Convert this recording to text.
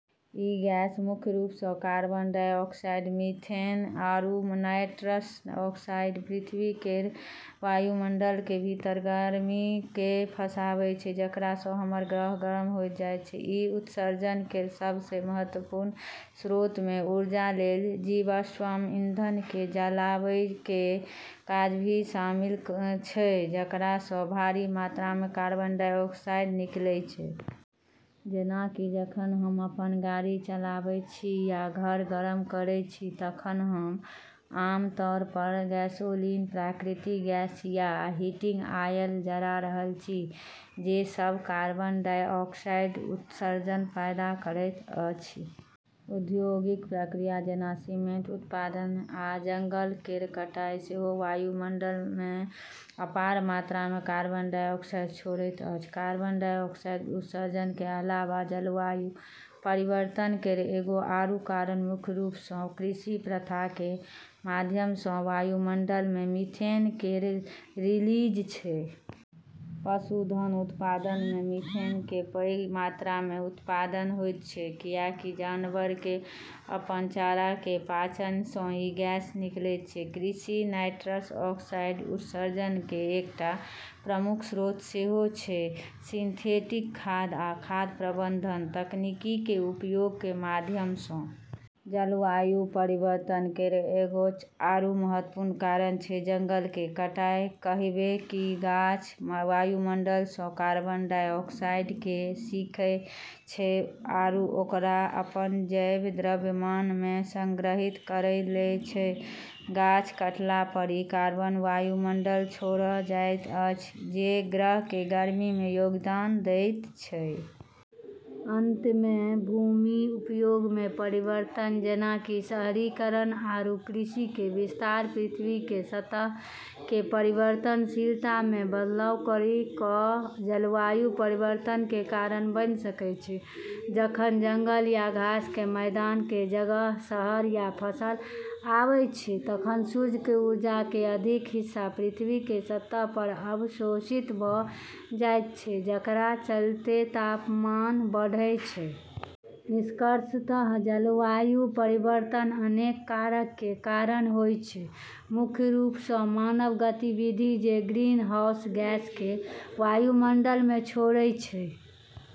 ई gas, मुख्य रूप सँ कार्बन डाइऑक्साइड, मीथेन आरू नाइट्रस ऑक्साइड, पृथ्वी केर वायुमंडल के भीतर गर्मी केँ फँसाबै छै, जेकरा सँ हमर ग्रह गरम होय जाइत छै। ई उत्सर्जन केर सबसें महत्वपूर्ण स्रोत मे ऊर्जा लेल जीवाश्म ईंधन केँ जलाबै के काज भी शामिल छै, जेकरा सँ भारी मात्रा मे कार्बन डाइऑक्साइड निकलै छै। जेना कि जखन हम अपन गाड़ी चलाबैत छी या घर गरम करैत छी तखन हम आमतौर पर गैसोलीन, प्राकृतिक गैस या हीटिंग ऑयल जरा रहल छी, जे सब कार्बन डाइऑक्साइड उत्सर्जन पैदा करैत अछि। औद्योगिक प्रक्रिया जेना सीमेंट उत्पादन आ जंगल केर कटाई सेहो वायुमंडल मे अपार मात्रा मे कार्बन डाइऑक्साइड छोड़ैत अछि। कार्बन डाइऑक्साइड उत्सर्जन के अलावा जलवायु परिवर्तन केर एगो आरू कारण मुख्य रूप सँ कृषि प्रथा के माध्यम सँ वायुमंडल मे मीथेन केर रिलीज छै। पशुधन उत्पादन मे मीथेन के पैघ मात्रा मे उत्पादन होइत छै, कियाकि जानवर के अपन चारा के पाचन सँ ई गैस निकलैत छै। कृषि नाइट्रस ऑक्साइड उत्सर्जन के एकटा प्रमुख स्रोत सेहो छै, सिंथेटिक खाद आ खाद प्रबंधन तकनीक के उपयोग के माध्यम सँ। जलवायु परिवर्तन केर एगो आरू महत्वपूर्ण कारण छै जंगल के कटाई, कहिबे कि गाछ वायुमंडल सँ कार्बन डाइऑक्साइड केँ सोखै छै आरू ओकरा अपन जैव द्रव्यमान मे संग्रहित करी लै छै। गाछ काटला पर ई कार्बन वायुमंडल मे छोड़ल जाइत अछि, जे ग्रह के गर्मी मे योगदान दैत छै। अंत मे, भूमि उपयोग मे परिवर्तन, जेना कि शहरीकरण आरू कृषि के विस्तार, पृथ्वी के सतह के परावर्तनशीलता मे बदलाव करी कऽ जलवायु परिवर्तन के कारण बनी सकै छै। जखन जंगल या घास के मैदान के जगह शहर या फसल आबै छै तखन सूर्य के ऊर्जा के अधिक हिस्सा पृथ्वी के सतह पर अवशोषित भऽ जाइत छै, जेकरा चलते तापमान बढ़ै छै। निष्कर्षतः जलवायु परिवर्तन अनेक कारक के कारण होय छै, मुख्य रूप सँ मानव गतिविधि जे ग्रीनहाउस गैस केँ वायुमंडल मे छोड़ै छै।